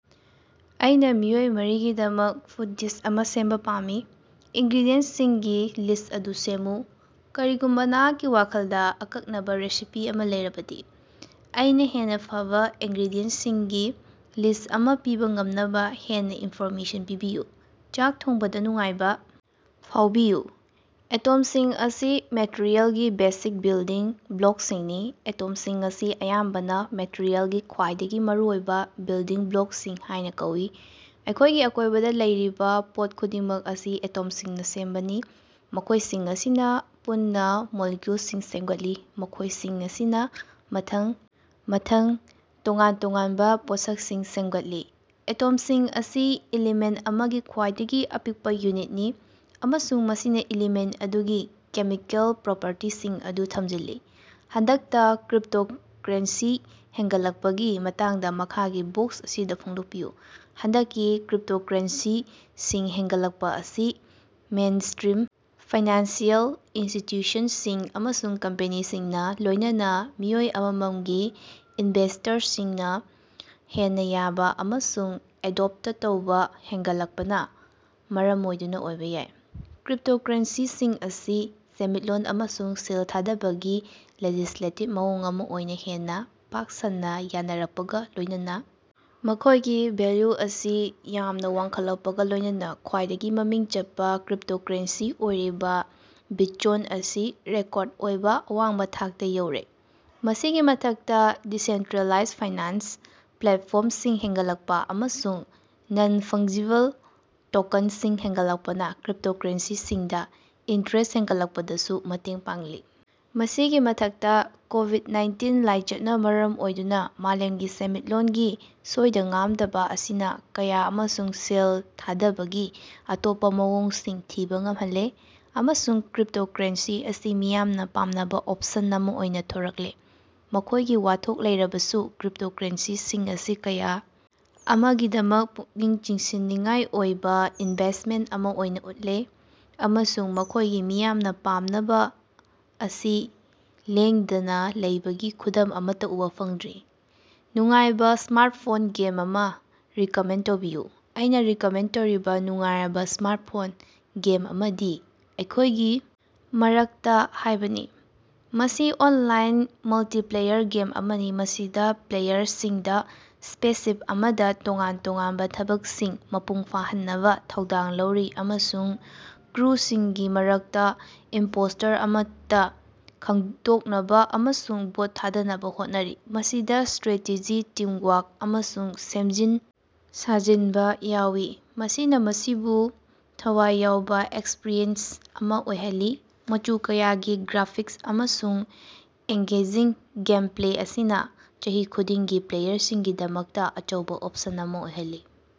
ꯑꯩꯅꯥ ꯃꯤꯑꯣꯏ ꯃꯔꯤꯒꯤꯗꯃꯛ food this ꯑꯃ ꯁꯦꯝꯕ ꯄꯥꯝꯃꯤ꯫ ꯏꯟꯒ꯭ꯔꯦꯗꯤꯌꯦꯟꯁꯤꯡꯒꯤ ꯂꯤꯁ꯭ꯠ ꯑꯗꯨ ꯁꯦꯝꯃꯨ꯫ ꯀꯔꯤꯒꯨꯝꯕ ꯅꯍꯥꯛꯀꯤ ꯋꯥꯈꯜꯗ ꯑꯀꯛꯅꯕꯥ ꯔꯦꯁꯤꯄꯤ ꯑꯃ ꯂꯩꯔꯕꯗꯤ, ꯑꯩꯅꯥ ꯍꯦꯟꯅ ꯐꯕꯥ ꯏꯟꯒ꯭ꯔꯦꯗꯤꯌꯦꯟꯇꯁꯤꯡꯒꯤ ꯂꯤꯁ꯭ꯠ ꯑꯃ ꯄꯤꯕ ꯉꯝꯅꯕ ꯍꯦꯟꯅ ꯏꯟꯐꯣꯔꯃꯦꯁꯟ ꯄꯤꯕꯤꯌꯨ꯫ ꯆꯥꯛ ꯊꯣꯡꯕꯗꯥ ꯅꯨꯡꯉꯥꯏꯕ ꯐꯥꯎꯕꯤꯌꯨ꯫ ꯑꯦꯇꯣꯝꯁꯤꯡ ꯑꯁꯤ ꯃꯦꯇꯔꯤꯑꯦꯜꯒꯤ ꯕꯦꯁꯤꯛ ꯕꯤꯜꯗꯤꯡ ꯕ꯭ꯂꯣꯛꯁꯤꯡꯅꯤ꯫ ꯑꯦꯇꯣꯝꯁꯤꯡ ꯑꯁꯤ ꯑꯌꯥꯝꯕꯅ ꯃꯦꯇꯔꯤꯑꯦꯜꯒꯤ ꯈ꯭ꯋꯥꯏꯗꯒꯤ ꯃꯔꯨꯑꯣꯏꯕ ꯕꯤꯜꯗꯤꯡ ꯕ꯭ꯂꯣꯛꯁꯤꯡ ꯍꯥꯏꯅ ꯀꯧꯏ꯫ ꯑꯩꯈꯣꯏꯒꯤ ꯑꯀꯣꯏꯕꯗ ꯂꯩꯔꯤꯕ ꯄꯣꯠ ꯈꯨꯗꯤꯡꯃꯛ ꯑꯁꯤ ꯑꯦꯇꯣꯝꯁꯤꯡꯅ ꯁꯦꯝꯕꯅꯤ, ꯃꯈꯣꯏꯁꯤꯡ ꯑꯁꯤꯅ ꯄꯨꯟꯅ ꯃꯣꯂꯤꯀꯨꯜꯁꯤꯡ ꯁꯦꯝꯒꯠꯂꯤ, ꯃꯈꯣꯏꯁꯤꯡ ꯑꯁꯤꯅ ꯃꯊꯪ ꯃꯊꯪ ꯇꯣꯉꯥꯟ ꯇꯣꯉꯥꯟꯕ ꯄꯣꯠꯁꯛꯁꯤꯡ ꯁꯦꯝꯒꯠꯂꯤ꯫ ꯑꯦꯇꯣꯝꯁꯤꯡ ꯑꯁꯤ ꯏꯂꯤꯃꯦꯟ ꯑꯃꯒꯤ ꯈ꯭ꯋꯥꯏꯗꯒꯤ ꯑꯄꯤꯛꯄꯥ ꯌꯨꯅꯤꯠꯅꯤ ꯑꯃꯁꯨꯡ ꯃꯁꯤꯅ ꯏꯂꯤꯃꯦꯟ ꯑꯗꯨꯒꯤ ꯀꯦꯃꯤꯀꯦꯜ ꯄ꯭ꯔꯣꯄꯔꯇꯤꯁꯤꯡ ꯑꯗꯨ ꯊꯝꯖꯤꯜꯂꯤ꯫ ꯍꯟꯗꯛꯇꯥ ꯀ꯭ꯔꯤꯞꯇꯣꯀꯔꯦꯟꯁꯤ ꯍꯦꯟꯒꯠꯂꯛꯄꯒꯤ ꯃꯇꯥꯡꯗ ꯃꯈꯥꯒꯤ ꯕꯣꯛꯁ ꯑꯁꯤꯗ ꯐꯣꯡꯗꯣꯛꯄꯤꯌꯨ꯫ ꯍꯟꯗꯛꯀꯤ ꯀ꯭ꯔꯤꯞꯇꯣꯀꯔꯦꯟꯁꯤꯁꯤꯡ ꯍꯦꯟꯒꯠꯂꯛꯄ ꯑꯁꯤ ꯃꯦꯟꯁ꯭ꯇꯔꯤꯝ ꯐꯥꯏꯅꯥꯟꯁꯤꯑꯦꯜ ꯏꯟꯁꯇꯤꯇꯌꯨꯁꯟꯁꯤꯡ ꯑꯃꯁꯨꯡ ꯀꯝꯄꯦꯅꯤꯁꯤꯡꯅ, ꯂꯣꯏꯅꯅ ꯃꯤꯑꯣꯏ ꯑꯃꯝꯃꯒꯤ ꯏꯅꯚꯦꯁ꯭ꯇꯔꯁꯤꯡꯅ ꯍꯦꯟꯅ ꯌꯥꯕ ꯑꯃꯁꯨꯡ ꯑꯦꯗꯣꯞꯇ ꯇꯧꯕꯥ ꯍꯦꯟꯒꯠꯂꯛꯄꯅ ꯃꯔꯝ ꯑꯣꯏꯗꯨꯅ ꯑꯣꯏꯕ ꯌꯥꯏ꯫ ꯀ꯭ꯔꯤꯞꯇꯣꯀꯔꯦꯟꯁꯤꯁꯤꯡ ꯑꯁꯤ ꯁꯦꯟꯃꯤꯠꯂꯣꯟ ꯑꯃꯁꯨꯡ ꯁꯦꯜ ꯊꯥꯗꯕꯒꯤ ꯂꯦꯖꯤꯁꯂꯦꯇꯤꯕ ꯃꯑꯣꯡ ꯑꯃ ꯑꯣꯏꯅ ꯍꯦꯟꯅ ꯄꯥꯛ ꯁꯟꯅ ꯌꯥꯅꯔꯛꯄꯒꯥ ꯂꯣꯏꯅꯅ ꯃꯈꯣꯏꯒꯤ ꯚꯦꯜꯌꯨ ꯑꯁꯤ ꯌꯥꯝꯅ ꯋꯥꯡꯈꯠꯂꯛꯄꯒ ꯂꯣꯏꯅꯅ ꯈꯋꯥ꯭ꯏꯗꯒꯤ ꯃꯃꯤꯡ ꯆꯠꯄ ꯀ꯭ꯔꯤꯞꯇꯣꯀꯔꯦꯟꯁꯤ ꯑꯣꯏꯔꯤꯕ ꯕꯤꯠꯆꯣꯟ ꯑꯁꯤ ꯔꯦꯀꯣꯔꯗ ꯑꯣꯏꯕ ꯑꯋꯥꯡꯕ ꯊꯥꯛꯇ ꯌꯧꯔꯦ꯫ ꯃꯁꯤꯒꯤ ꯃꯊꯛꯇꯥ, ꯗꯤꯁꯦꯟꯇ꯭ꯔꯦꯂꯥꯏꯖ ꯐꯥꯏꯅꯥꯟꯁ ꯄ꯭ꯂꯦꯠꯐꯣꯔꯝꯁꯤꯡ ꯍꯦꯟꯒꯠꯂꯛꯄ ꯑꯃꯁꯨꯡ ꯅꯟ-ꯐꯪꯖꯤꯕꯜ ꯇꯣꯀꯟꯁꯤꯡ ꯍꯦꯟꯒꯠꯂꯛꯄꯅ ꯀ꯭ꯔꯤꯞꯇꯣꯀꯔꯦꯟꯁꯤꯁꯤꯡꯗꯥ ꯏꯟꯇ꯭ꯔꯦꯁ ꯍꯦꯟꯒꯠꯂꯛꯄꯗꯁꯨ ꯃꯇꯦꯡ ꯄꯥꯡꯂꯤ꯫ ꯃꯁꯤꯒꯤ ꯃꯊꯛꯇꯥ, ꯀꯣꯕꯤꯗ-ꯅꯥꯏꯟꯇꯤꯟ ꯂꯥꯏꯆꯠꯅ ꯃꯔꯝ ꯑꯣꯏꯗꯨꯅ ꯃꯥꯂꯦꯝꯒꯤ ꯁꯦꯟꯃꯤꯠꯂꯣꯟꯒꯤ ꯁꯣꯏꯗ-ꯉꯥꯝꯗꯕ ꯑꯁꯤꯅꯥ ꯀꯌꯥ ꯑꯃꯁꯨ ꯁꯦꯜ ꯊꯥꯗꯕꯒꯤ ꯑꯇꯣꯞꯄꯥ ꯃꯑꯣꯡꯁꯤꯡ ꯊꯤꯕꯥ ꯉꯝꯍꯜꯂꯦ, ꯑꯃꯁꯨꯡ ꯀ꯭ꯔꯤꯞꯇꯣꯀꯔꯦꯟꯁꯤ ꯑꯁꯤ ꯃꯤꯌꯥꯝꯅ ꯄꯥꯝꯅꯕ ꯑꯣꯞꯁꯟ ꯑꯃ ꯑꯣꯏꯅ ꯊꯣꯔꯛꯂꯦ꯫ ꯃꯈꯣꯏꯒꯤ ꯋꯥꯊꯣꯛ ꯂꯩꯔꯕꯁꯨ, ꯀ꯭ꯔꯤꯞꯇꯣꯀꯔꯦꯟꯁꯤꯁꯤꯡ ꯑꯁꯤ ꯀꯌꯥ ꯑꯃꯒꯤꯗꯃꯛ ꯄꯨꯛꯅꯤꯡ ꯆꯤꯡꯁꯤꯟꯅꯤꯡꯉꯥꯏ ꯑꯣꯏꯕꯥ ꯏꯟꯚꯦꯁ꯭ꯇꯃꯦꯟ ꯑꯃ ꯑꯣꯏꯅ ꯎꯠꯂꯦ ꯑꯃꯁꯨꯡ ꯃꯈꯣꯏꯒꯤ ꯃꯤꯌꯥꯝꯅ ꯄꯥꯝꯅꯕ ꯑꯁꯤ ꯂꯦꯡꯗꯅꯥ ꯂꯩꯕꯒꯤ ꯈꯨꯗꯝ ꯑꯃꯠꯇ ꯎꯕ ꯐꯪꯗ꯭ꯔꯤ꯫ ꯅꯨꯡꯉꯥꯏꯕ ꯁ꯭ꯃꯥꯔꯠꯐꯣꯟ ꯒꯦꯝ ꯑꯃ ꯔꯤꯀꯃꯦꯟ ꯇꯧꯕꯤꯌꯨ꯫ ꯑꯩꯅ ꯔꯤꯀꯃꯦꯟ ꯇꯧꯔꯤꯕ ꯅꯨꯡꯉꯥꯏꯔꯕ ꯁ꯭ꯃꯥꯔꯠꯐꯣꯟ ꯒꯦꯝ ꯑꯃꯗꯤ "ꯑꯩꯈꯣꯏꯒꯤ ꯃꯔꯛꯇ" ꯍꯥꯏꯕꯅꯤ꯫ ꯃꯁꯤ ꯑꯣꯟꯂꯥꯏꯟ ꯃꯜꯇꯤꯄ꯭ꯂꯦꯌꯔ ꯒꯦꯝ ꯑꯃꯅꯤ ꯃꯁꯤꯗ ꯄ꯭ꯂꯦꯌꯔꯁꯤꯡꯗꯥ ꯁ꯭ꯄꯦꯁꯁꯤꯞ ꯑꯃꯗ ꯇꯣꯉꯥꯟ ꯇꯣꯉꯥꯟꯕ ꯊꯕꯛꯁꯤꯡ ꯃꯄꯨꯡ ꯐꯥꯍꯟꯅꯕ ꯊꯧꯗꯥꯡ ꯂꯧꯔꯤ ꯑꯃꯁꯨꯡ ꯀ꯭ꯔꯨꯁꯤꯡꯒꯤ ꯃꯔꯛꯇ ꯏꯝꯄꯣꯁꯇꯔ ꯑꯃꯠꯇ ꯈꯪꯗꯣꯛꯅꯕ ꯑꯃꯁꯨꯡ ꯚꯣꯠ ꯊꯥꯗꯅꯕ ꯍꯣꯠꯅꯔꯤ꯫ ꯃꯁꯤꯗꯥ ꯁꯇ꯭꯭ꯔꯦꯇꯦꯖꯤ, ꯇꯤꯝꯋꯥꯔꯛ ꯑꯃꯁꯨꯡ ꯁꯦꯝꯖꯤꯟ ꯁꯥꯖꯤꯟꯕ ꯌꯥꯎꯏ, ꯃꯁꯤꯅ ꯃꯁꯤꯕꯨ ꯊꯋꯥꯏ ꯌꯥꯎꯕ ꯑꯦꯛꯁꯄ꯭ꯔꯤꯌꯦꯟꯁ ꯑꯃ ꯑꯣꯏꯍꯜꯂꯤ꯫ ꯃꯆꯨ ꯀꯌꯥꯒꯤ ꯒ꯭ꯔꯥꯐꯤꯛꯁ ꯑꯃꯁꯨꯡ ꯑꯦꯡꯒꯦꯖꯤꯡ ꯒꯦꯝꯄ꯭ꯂꯦ ꯑꯁꯤꯅ ꯆꯍꯤ ꯈꯨꯗꯤꯡꯒꯤ ꯄ꯭ꯂꯦꯌꯔꯁꯤꯡꯒꯤꯗꯃꯛꯇꯥ ꯑꯆꯧꯕ ꯑꯣꯞꯁꯟ ꯑꯃ ꯑꯣꯏꯍꯜꯂꯤ꯫